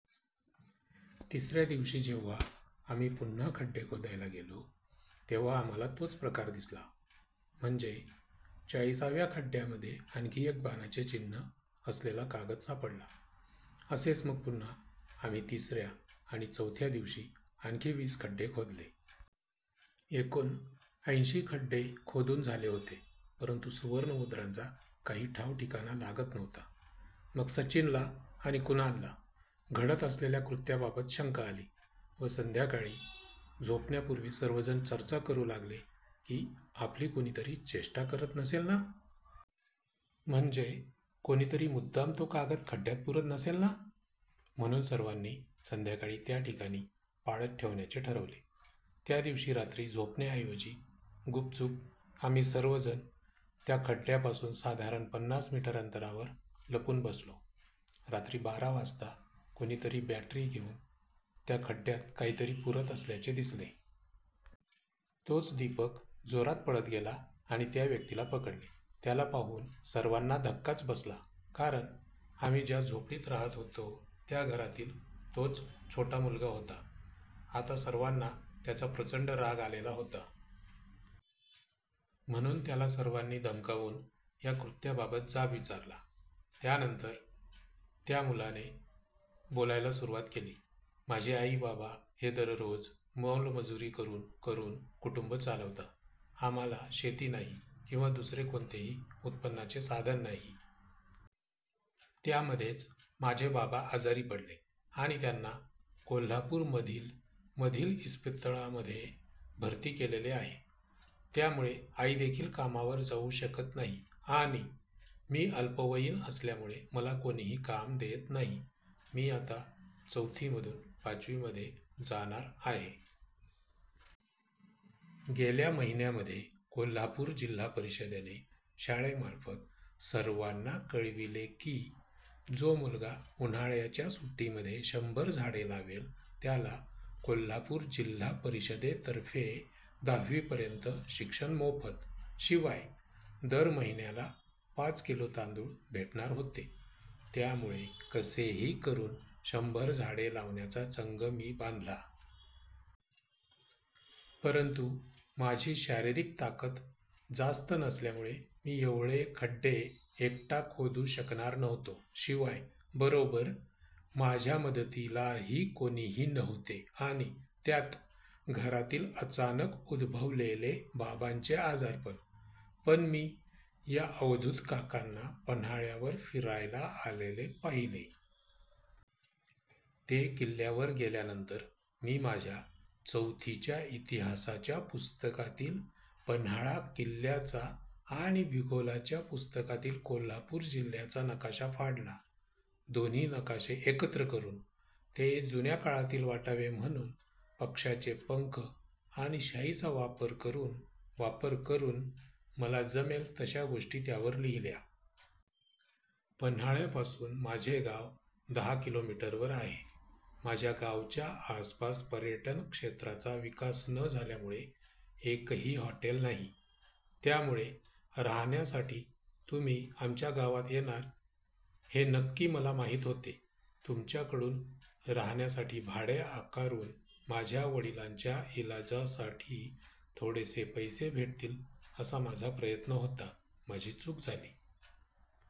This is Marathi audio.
तिसऱ्या दिवशी जेव्हा आम्ही पुन्हा खड्डे खोदायला गेलो, तेव्हा आम्हाला तोच प्रकार दिसला. म्हणजे चाळीसाव्या खड्ड्यामध्ये आणखी एक बाणाचे चिन्ह असलेला कागद सापडला. असेच मग पुन्हा आम्ही तिसऱ्या आणि चौथ्या दिवशी आणखी वीस खड्डे खोदले. एकूण ऐंशी खड्डे खोदून झाले होते. परंतु सुवर्णमुद्रांचा काही ठावठिकाणा लागत नव्हता. मग सचिनला आणि कुणालला घडत असलेल्या कृत्याबाबत शंका आली व संध्याकाळी झोपण्यापूर्वी सर्वजण चर्चा करू लागले की आपली कुणीतरी चेष्टा करत नसेल ना? म्हणजे कोणीतरी मुद्दाम तो कागद खड्ड्यात पुरत नसेल ना? म्हणून सर्वांनी संध्याकाळी त्याठिकाणी पाळत ठेवण्याचे ठरवले. त्यादिवशी रात्री झोपण्याऐवजी गुपचूप आम्ही सर्वजण त्या खड्ड्यापासून साधारण पन्नास मीटर अंतरावर लपून बसलो. रात्री बारा वाजता कुणीतरी बॅटरी घेऊन त्या खड्ड्यात काहीतरी पुरत असल्याचे दिसले. तोच दीपक जोरात पळत गेला आणि त्या व्यक्तीला पकडले. त्याला पाहून सर्वांना धक्काच बसला, कारण आम्ही ज्या झोपडीत राहत होतो, त्या घरातील तोच छोटा मुलगा होता. आता सर्वांना त्याचा प्रचंड राग आलेला होता. म्हणून त्याला सर्वांनी धमकावून या कृत्याबाबत जाब विचारला. त्यानंतर त्या मुलाने बोलायला सुरुवात केली. माझे आई बाबा हे दररोज मोलमजुरी करून करून कुटुंब चालवता. आम्हाला शेती नाही किंवा दुसरे कोणतेही उत्पन्नाचे साधन नाही. त्यामध्येच माझे बाबा आजारी पडले आणि त्यांना कोल्हापूरमधील मधील इस्पितळांमध्ये भरती केलेले आहे. त्यामुळे आईदेखील कामावर जाऊ शकत नाही आणि मी अल्पवयीन असल्यामुळे मला कोणीही काम देत नाही. मी आता चौथीमधून पाचवीमध्ये जाणार आहे. गेल्या महिन्यामध्ये कोल्हापूर जिल्हा परिषदेने शाळेमार्फत सर्वांना कळविले की, जो मुलगा उन्हाळ्याच्या सुट्टीमध्ये शंभर झाडे लावेल, त्याला कोल्हापूर जिल्हा परिषदेतर्फे दहावीपर्यंत शिक्षण मोफत, शिवाय दर महिन्याला पाच किलो तांदूळ भेटणार होते. त्यामुळे कसेही करून शंभर झाडे लावण्याचा चंग मी बांधला. परंतु माझी शारीरिक ताकत जास्त नसल्यामुळे मी एवढे खड्डे एकटा खोदू शकणार नव्हतो. शिवाय बरोबर माझ्या मदतीला ही कोणीही नव्हते आणि त्यात घरातील अचानक उद्भवलेले बाबांचे आजारपण. मग मी, या अवधूत काकांना पन्हाळ्यावर फिरायला आलेले पाहिले. ते किल्ल्यावर गेल्यानंतर, मी माझ्या चौथीच्या इतिहासाच्या पुस्तकातील पन्हाळा किल्ल्याचा आणि भूगोलाच्या पुस्तकातील कोल्हापूर जिल्ह्याचा नकाशा फाडला. दोन्ही नकाशे एकत्र करून, ते जुन्या काळातील वाटावे म्हणून पक्षाचे पंख आणि शाईचा वापर करून वापर करून मला जमेल तशा गोष्टी त्यावर लिहिल्या. पन्हाळ्यापासून माझे गाव दहा किलोमीटरवर आहे. माझ्या गावच्या आसपास पर्यटन क्षेत्राचा विकास न झाल्यामुळे एकही हॉटेल नाही. त्यामुळे राहण्यासाठी तुम्ही आमच्या गावात येणार हे नक्की मला माहीत होते. तुमच्याकडून राहण्यासाठी भाडे आकारून, माझ्या वडिलांच्या इलाजासाठी थोडेसे पैसे भेटतील असा माझा प्रयत्न होता. माझी चूक झाली.